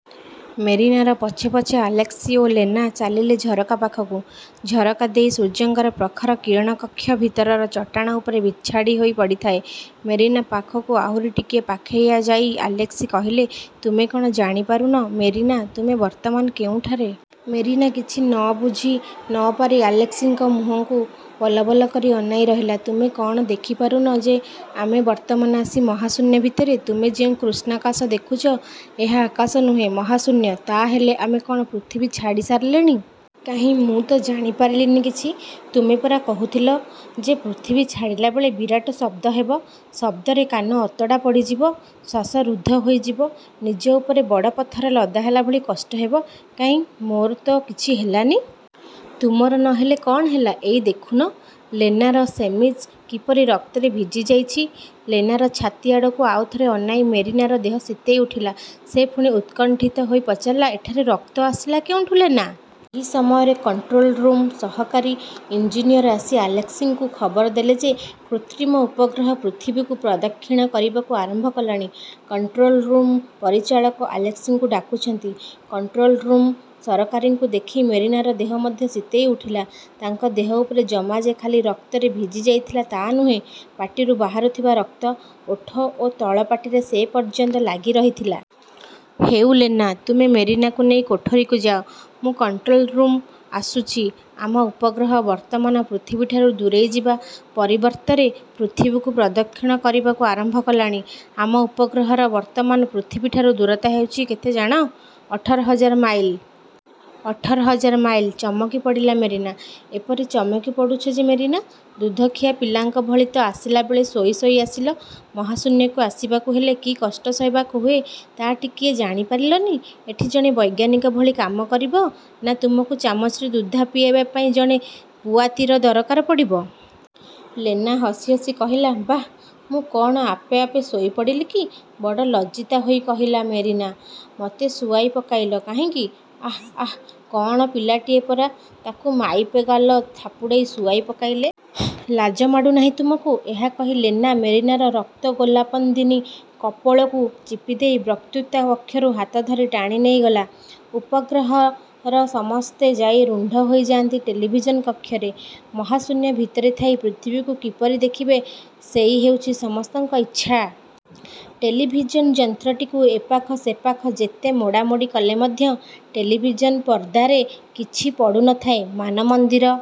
'' ମେରିନାର ପଛେ ପଛେ ଆଲେସ୍କି ଓ ଲେନା ଚାଲିଲେ ଝରକା ପାଖକୁ। ଝରକା ଦେଇ ସୂର୍ଯ୍ୟଙ୍କର ପ୍ରଖର କିରଣ କକ୍ଷ ଭିତରର ଚଟାଣ ଉପରେ ବିଞ୍ଛାଡ଼ି ହୋଇ ପଡ଼ିଥାଏ। ମେରିନା ପାଖକୁ ଆହୁରି ଟିକିଏ ପାଖେଇ ଯାଇ ଆଲେସ୍କି କହିଲେ, ''ତୁମେ କ'ଣ ଜାଣିପାରୁନ ମେରିନା ତୁମେ ବର୍ତ୍ତମାନ କେଉଁଠାରେ? '' ମେରିନା କିଛି ବୁଝି ନ ପାରି ଆଲେସ୍କିଙ୍କ ମୁହଁକୁ ବଲବଲ କରି ଅନାଇ ରହିଲା। ''ତୁମେ କ'ଣ ଦେଖିପାରୁନ ଯେ ଆମେ ବର୍ତ୍ତମାନ ଆସି ମହାଶୂନ୍ୟ ଭିତରେ। ତୁମେ ଯେଉଁ କୃଷ୍ଣାକାଶ ଦେଖୁଛ, ଏହା ଆକାଶ ନୁହେଁ, ମହାଶୂନ୍ୟ। '' ''ତା' ହେଲେ ଆମେ କ'ଣ ପୃଥିବୀ ଛାଡ଼ି ସାରିଲେଣି? କାହିଁ, ମୁଁ ତ ଜାଣିପାରିଲିନି କିଛି! ତୁମେ ପରା କହୁଥିଲ ଯେ, ପୃଥିବୀ ଛାଡ଼ିଲାବେଳେ ବିରାଟ ଶବ୍ଦ ହେବ, ଶବ୍ଦରେ କାନ ଅତଡ଼ା ପଡ଼ିଯିବ, ଶ୍ୱାସରୁଦ୍ଧ ହୋଇଯିବ, ନିଜ ଉପରେ ବଡ଼ ପଥର ଲଦା ହେଲାଭଳି କଷ୍ଟ ହେବ। କାହିଁ, ମୋର ତ କିଛି ହେଲାନି? '' ''ତୁମର ନ ହେଲେ କ'ଣ ହେଲା, ଏଇ ଦେଖୁନ ଲେନାର ସେମିଜ କିପରି ରକ୍ତରେ ଭିଜିଯାଇଛି। '' ଲେନାର ଛାତି ଆଡ଼କୁ ଆଉ ଥରେ ଅନାଇ ମେରିନାର ଦେହ ଶୀତେଇ ଉଠିଲା। ସେ ପୁଣି ଉତ୍କଣ୍ଠିତ ହୋଇ ପଚାରିଲା, ''ଏଠାରେ ରକ୍ତ ଆସିଲା କେଉଁଠୁ ଲେନା? '' ଏହି ସମୟରେ କଣ୍ଟ୍ରୋଲ ରୁମ୍ର ସହକାରୀ ଇଞ୍ଜିନିୟର ଆସି ଆଲେସ୍କିଙ୍କୁ ଖବର ଦେଲେ ଯେ କୃତ୍ରିମ ଉପଗ୍ରହ ପୃଥିବୀକୁ ପ୍ରଦକ୍ଷିଣ କରିବାକୁ ଆରମ୍ଭ କଲାଣି। କଣ୍ଟ୍ରୋଲ୍ରୁମ୍ର ପରିଚାଳକ ଆଲେସ୍କିଙ୍କୁ ଡାକୁଛନ୍ତି। କଣ୍ଟ୍ରୋଲ୍ରୁମ୍ର ସହକାରୀଙ୍କୁ ଦେଖି ମେରିନାର ଦେହ ମଧ୍ୟ ଶୀତେଇ ଉଠିଲା। ତାଙ୍କ ଦେହ ଉପର ଜମା ଯେ ଖାଲି ରକ୍ତରେ ଭିଜି ଯାଇଥିଲା ତା ନୁହେଁ, ପାଟିରୁ ବାହାରିଥିବା ରକ୍ତ, ଓଠ ଓ ତଳପାଟିରେ ସେପର୍ଯ୍ୟନ୍ତ ଲାଗିରହିଥିଲା। ''ହେଉ ଲେନା, ତୁମେ ମେରିନାକୁ ନେଇ କୋଠରିକୁ ଯାଅ, ମୁଁ କଣ୍ଟ୍ରୋଲ୍ ରୁମ୍ରୁ ଆସୁଛି। ଆମ ଉପଗ୍ରହ ବର୍ତ୍ତମାନ ପୃଥିବୀଠାରୁ ଦୂରେଇଯିବା ପରିବର୍ତ୍ତରେ ପୃଥିବୀକୁ ପ୍ରଦକ୍ଷିଣ କରିବାକୁ ଆରମ୍ଭ କଲାଣି। ଆମ ଉପଗ୍ରହର ବର୍ତ୍ତମାନ ପୃଥିବୀଠାରୁ ଦୂରତା ହେଉଛି କେତେ ଜାଣ-? ଅଠର ହଜାର ମାଇଲ? '' ''ଅଠର ହଜାର ମାଇଲ! '' ଚମକିପଡ଼ିଲା ମେରିନା। ''ଏପରି ଚମକିପଡ଼ୁଛ ଯେ ମେରିନା? ଦୁଧଖିଆ ପିଲାଙ୍କ ଭଳି ତ ଆସିଲାବେଳେ ଶୋଇ ଶୋଇ ଆସିଲ। ମହାଶୂନ୍ୟକୁ ଆସିବାକୁ ହେଲେ କି କଷ୍ଟ ସହିବାକୁ ହୁଏ ତା' ଟିକିଏ ଜାଣିପାରିଲନି। ଏଠି ଜଣେ ବୈଜ୍ଞାନିକ ଭଳି କାମ କରିବ ନା ତୁମକୁ ଚାମଚରେ ଦୁଧ ପିଆଇବା ପାଇଁ ଜଣେ ପୁଆତୀର ଦରକାର ପଡ଼ିବ? '' ଲେନା ହସି ହସି କହିଲା। ''ବାଃ ମୁଁ କ'ଣ ଆପେ ଆପେ ଶୋଇପଡ଼ିଲି କି? '' ବଡ଼ ଲଜ୍ଜିତା ହୋଇ କହିଲା ମେରିନା, 'ମୋତେ ଶୁଆଇ ପକାଇଲ କାହିଁକି? '' ''ଆଃ, ଆଃ, କଅଁଳ ପିଲାଟିଏ ପରା। ତା'କୁ ମାଇପେ ଗାଲ ଥାପୁଡ଼ାଇ ଶୁଆଇ ପକାଇଲେ। ଲାଜ ମାଡ଼ୁନାହିଁ ତୁମକୁ। '' ଏହା କହି ଲେନା ମେରିନାର ରକ୍ତଗୋଲାପନିନ୍ଦୀ କପୋଳକୁ ଟିପିଦେଇ ବକ୍ତୃତା କକ୍ଷରୁ ହାତଧରି ଟାଣି ନେଇଗଲା। ଉପଗ୍ରହର ସମସ୍ତେ ଯାଇ ରୁଣ୍ଡ ହୋଇଥାଆନ୍ତି ଟେଲିଭିଜନ୍ କକ୍ଷରେ। ମହାଶୂନ୍ୟ ଭିତରେ ଥାଇ ପୃଥିବୀକୁ କିପରି ଦେଖିବେ ସେଇ ହେଉଛି ସମସ୍ତଙ୍କ ଇଚ୍ଛା। ଟେଲିଭିଜନ୍ ଯନ୍ତ୍ରଟିକୁ ଏପାଖ ସେପାଖ ଯେତେ ମୋଡ଼ାମୋଡ଼ି କଲେ ମଧ୍ୟ ଟେଲିଭିଜନ୍ ପର୍ଦ୍ଦାରେ କିଛି ପଡ଼ୁ ନଥାଏ। ମାନମନ୍ଦିର